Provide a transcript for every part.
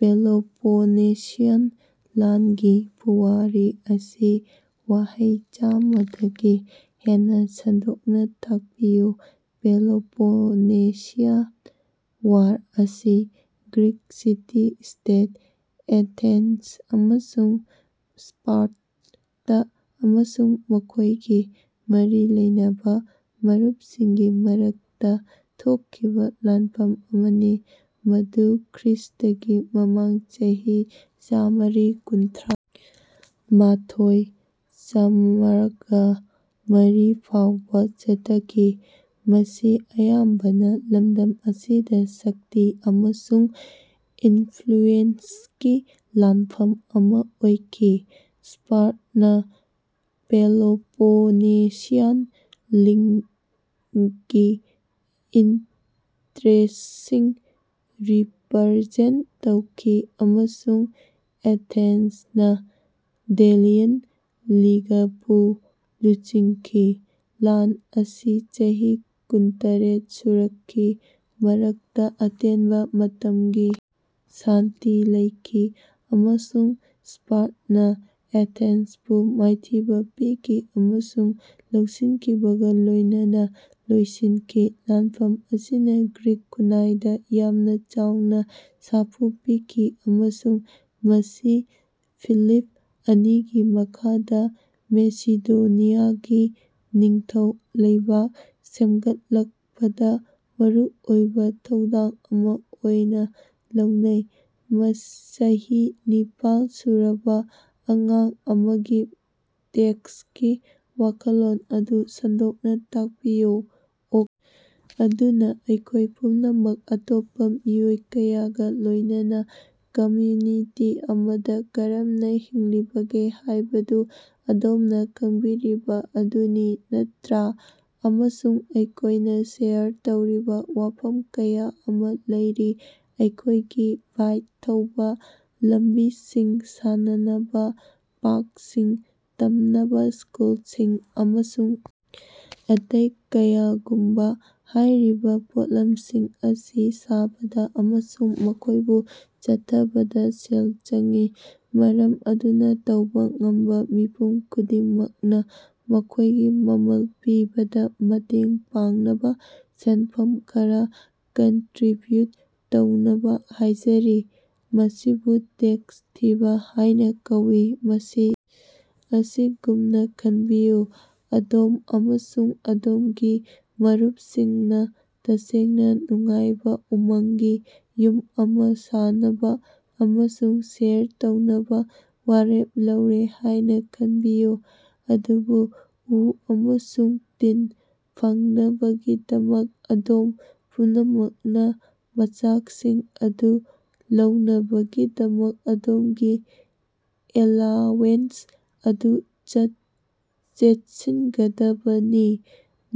Peloponnesian ꯂꯥꯟꯒꯤ ꯄꯨꯋꯥꯔꯤ ꯑꯁꯤ ꯋꯥꯍꯩ ꯆꯥꯃ ꯗꯒꯤ ꯍꯦꯟꯅ ꯁꯟꯗꯣꯛꯅ ꯇꯥꯛꯄꯤꯌꯨ꯫ ꯄꯦꯂꯣꯄꯣꯅꯦꯁꯤꯌꯥꯟ ꯋꯥꯔ ꯑꯁꯤ ꯒ꯭ꯔꯤꯛ ꯁꯤꯇꯤ-ꯁ꯭ꯇꯦꯠ ꯑꯦꯊꯦꯟꯁ ꯑꯃꯁꯨꯡ ꯁ꯭ꯄꯥꯔꯇꯥ, ꯑꯃꯁꯨꯡ ꯃꯈꯣꯏꯒꯤ ꯃꯔꯤ ꯂꯩꯅꯕ ꯃꯔꯨꯞꯁꯤꯡꯒꯤ ꯃꯔꯛꯇ ꯊꯣꯛꯈꯤꯕ ꯂꯥꯟꯐꯝ ꯑꯃꯅꯤ, ꯃꯗꯨ ꯈ꯭ꯔ꯭ꯏꯁ꯭ꯇꯒꯤ ꯃꯃꯥꯡ ꯆꯍꯤ ꯆꯥꯃ꯭ꯔꯤ ꯀꯨꯟꯊ꯭ꯔꯥ ꯃꯊꯣꯏ-ꯆꯃ꯭ꯔꯒ ꯃꯔꯤ ꯐꯥꯎꯕ ꯆꯠꯊꯈꯤ꯫ ꯃꯁꯤ ꯑꯌꯥꯝꯕꯅ ꯂꯝꯗꯝ ꯑꯁꯤꯗ ꯁꯛꯇꯤ ꯑꯃꯁꯨꯡ ꯏꯅꯐ꯭ꯂꯨꯑꯦꯟꯁꯀꯤ ꯂꯥꯟꯐꯝ ꯑꯃ ꯑꯣꯏꯈꯤ, ꯁ꯭ꯄꯥꯔꯇꯅ ꯄꯦꯂꯣꯄꯣꯅꯦꯁꯤꯌꯥꯟ ꯂꯤꯒꯀꯤ ꯏꯟꯇꯔꯦꯁ꯭ꯇꯁꯤꯡ ꯔꯤꯄ꯭ꯔꯖꯦꯟꯠ ꯇꯧꯈꯤ ꯑꯃꯁꯨꯡ ꯑꯦꯊꯦꯟꯁꯅ ꯗꯦꯂꯤꯌꯟ ꯂꯤꯒꯄꯨ ꯂꯨꯆꯤꯡꯈꯤ꯫ ꯂꯥꯟ ꯑꯁꯤ ꯆꯍꯤ ꯀꯨꯟꯇꯔꯦꯠ ꯁꯨꯔꯛꯈꯤ, ꯃꯔꯛꯇ ꯑꯇꯦꯟꯕ ꯃꯇꯝꯒꯤ ꯁꯥꯟꯇꯤ ꯂꯩꯈꯤ, ꯑꯃꯁꯨꯡ ꯁ꯭ꯄꯥꯔꯇꯅ ꯑꯦꯊꯦꯟꯁꯄꯨ ꯃꯥꯏꯊꯤꯕ ꯄꯤꯈꯤ ꯑꯃꯁꯨꯡ ꯂꯧꯁꯤꯟꯈꯤꯕꯒ ꯂꯣꯏꯅꯅ ꯂꯣꯏꯁꯤꯟꯈꯤ꯫ ꯂꯥꯟꯐꯝ ꯑꯁꯤꯅ ꯒ꯭ꯔꯤꯛ ꯈꯨꯟꯅꯥꯏꯗ ꯌꯥꯝꯅ ꯆꯥꯎꯅ ꯁꯥꯐꯨ ꯄꯤꯈꯤ ꯑꯃꯁꯨꯡ ꯃꯁꯤ ꯐꯤꯂꯤꯞ ꯑꯅꯤꯒꯤ ꯃꯈꯥꯗ ꯃꯦꯁꯤꯗꯣꯅꯤꯌꯥꯒꯤ ꯅꯤꯡꯊꯧ ꯂꯩꯕꯥꯛ ꯁꯦꯃꯒꯠꯂꯛꯄꯗꯥ ꯃꯔꯨꯑꯣꯏꯕ ꯊꯧꯗꯣꯛ ꯑꯃꯥ ꯑꯣꯏꯅ ꯂꯧꯅꯩ꯫ ꯆꯍꯤ ꯅꯤꯄꯥꯜ ꯁꯨꯔꯕ ꯑꯉꯥꯡ ꯑꯃꯒꯤ ꯇꯦꯛꯁꯀꯤ ꯋꯥꯈꯜꯂꯣꯟ ꯑꯗꯨ ꯁꯟꯗꯣꯛꯅ ꯇꯥꯛꯄꯤꯌꯨ꯫ ꯑꯣꯀꯦ! ꯑꯗꯨꯅꯥ, ꯑꯩꯈꯣꯏ ꯄꯨꯝꯅꯃꯛ ꯑꯇꯣꯞꯄ ꯃꯤꯑꯣꯏ ꯀꯌꯥꯒ ꯂꯣꯏꯅꯅ ꯀꯝꯌꯨꯅꯤꯇꯤ ꯑꯃꯗ ꯀꯔꯝꯅ ꯍꯤꯡꯂꯤꯕꯒꯦ ꯍꯥꯌꯕꯗꯨ ꯑꯗꯣꯝꯅ ꯈꯪꯕꯤꯔꯤꯕ ꯑꯗꯨꯅꯤ, ꯅꯠꯇ꯭ꯔꯥ? ꯑꯃꯁꯨꯡ ꯑꯩꯈꯣꯏꯅ ꯁꯦꯌꯔ ꯇꯧꯔꯤꯕ ꯋꯥꯐꯝ ꯀꯌꯥ ꯑꯃ ꯂꯩꯔꯤ ꯑꯩꯈꯣꯏꯒꯤ ꯕꯥꯏꯛ ꯊꯧꯕ ꯂꯝꯕꯤꯁꯤꯡ, ꯁꯥꯟꯅꯅꯕ ꯄꯥ꯭ꯔꯛꯁꯤꯡ, ꯇꯝꯅꯕ ꯁ꯭ꯀꯨꯂꯁꯤꯡ ꯑꯃꯁꯨꯡ ꯑꯇꯩ ꯀꯌꯥꯒꯨꯝꯕꯥ꯫ ꯍꯥꯏꯔꯤꯕ ꯄꯣꯠꯂꯝꯁꯤꯡ ꯑꯁꯤ ꯁꯥꯕꯗ ꯑꯃꯁꯨꯡ ꯃꯈꯣꯏꯕꯨ ꯆꯠꯊꯕꯗ ꯁꯦꯜ ꯆꯪꯏ, ꯃꯔꯝ ꯑꯗꯨꯅ ꯇꯧꯕ ꯉꯝꯕꯥ ꯃꯤꯄꯨꯝ ꯈꯨꯗꯤꯡꯃꯛꯅ, ꯃꯈꯣꯏꯒꯤ ꯃꯃꯜ ꯄꯤꯕꯗ ꯃꯇꯦꯡ ꯄꯥꯡꯅꯕ ꯁꯦꯅꯐꯝ ꯈꯔ ꯀꯟꯇ꯭ꯔꯤꯕ꯭ꯌꯨꯠ ꯇꯧꯅꯕ ꯍꯥꯏꯖꯔꯤ꯫ ꯃꯁꯤꯕꯨ ꯇꯦꯛꯁ ꯊꯤꯕ ꯍꯥꯏꯅꯥ ꯀꯧꯏ꯫ ꯃꯁꯤ ꯑꯁꯤꯒꯨꯝꯅ ꯈꯟꯕꯤꯌꯨ ꯑꯗꯣꯝ ꯑꯃꯁꯨꯡ ꯑꯗꯣꯝꯒꯤ ꯃꯔꯨꯞꯁꯤꯡꯅ ꯇꯁꯦꯡꯅ ꯅꯨꯡꯉꯥꯏꯕ ꯎꯃꯪꯒꯤ ꯌꯨꯝ ꯑꯃ ꯁꯥꯅꯕ ꯑꯃꯁꯨꯡ ꯁꯦꯌꯔ ꯇꯧꯅꯕ ꯋꯥꯔꯦꯞ ꯂꯧꯔꯦ ꯍꯥꯏꯅ ꯈꯟꯕꯤꯌꯨ꯫ ꯑꯗꯨꯕꯨ, ꯎ ꯑꯃꯁꯨꯡ ꯇꯤꯟ ꯐꯪꯅꯕꯒꯤꯗꯃꯛ, ꯑꯗꯣꯝ ꯄꯨꯝꯅꯃꯛꯅ ꯃꯆꯥꯛꯁꯤꯡ ꯑꯗꯨ ꯂꯧꯅꯕꯒꯤꯗꯃꯛ ꯑꯗꯣꯝꯒꯤ ꯑꯦꯂꯥꯋꯦꯟꯁ ꯑꯗꯨ ꯆꯦꯠꯁꯤꯒꯗꯕꯅꯤ꯫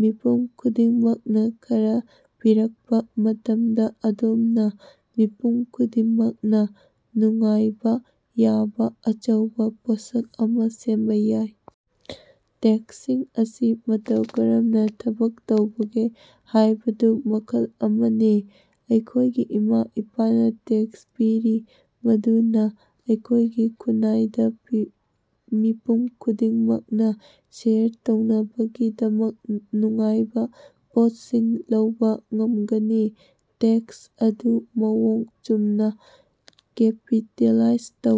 ꯃꯤꯄꯨꯝ ꯈꯨꯗꯤꯡꯃꯛꯅ ꯈꯔ ꯄꯤꯔꯛꯄ ꯃꯇꯝꯗ, ꯑꯗꯣꯝꯅ ꯃꯤꯄꯨꯝ ꯈꯨꯗꯤꯡꯃꯛꯅ ꯅꯨꯡꯉꯥꯏꯕ ꯌꯥꯕ ꯑꯆꯧꯕ ꯄꯣꯠꯁꯛ ꯑꯃ ꯁꯦꯝꯕ ꯌꯥꯏ! ꯇꯦꯛꯁꯁꯤꯡ ꯑꯁꯤ ꯃꯇꯧ ꯀꯔꯝꯅ ꯊꯕꯛ ꯇꯧꯕꯒꯦ ꯍꯥꯏꯕꯗꯨ ꯃꯈꯜ ꯑꯃꯅꯤ꯫ ꯑꯩꯈꯣꯏꯒꯤ ꯏꯃꯥ-ꯏꯄꯥꯅ ꯇꯦꯛꯁ ꯄꯤꯔꯤ ꯃꯗꯨꯅ ꯑꯩꯈꯣꯏꯒꯤ ꯈꯨꯟꯅꯥꯏꯗ ꯃꯤꯄꯨꯝ ꯈꯨꯗꯤꯡꯃꯛꯅ ꯁꯦꯌꯔ ꯇꯧꯅꯕꯒꯤꯗꯃꯛ ꯅꯨꯡꯉꯥꯏꯕ ꯄꯣꯠꯁꯤꯡ ꯂꯩꯕ ꯉꯝꯒꯅꯤ꯫ ꯇꯦꯛꯁ ꯑꯗꯨ ꯃꯑꯣꯡ ꯆꯨꯝꯅ ꯀꯦꯄꯤꯇꯦꯂꯥꯏꯖ ꯇꯧ꯫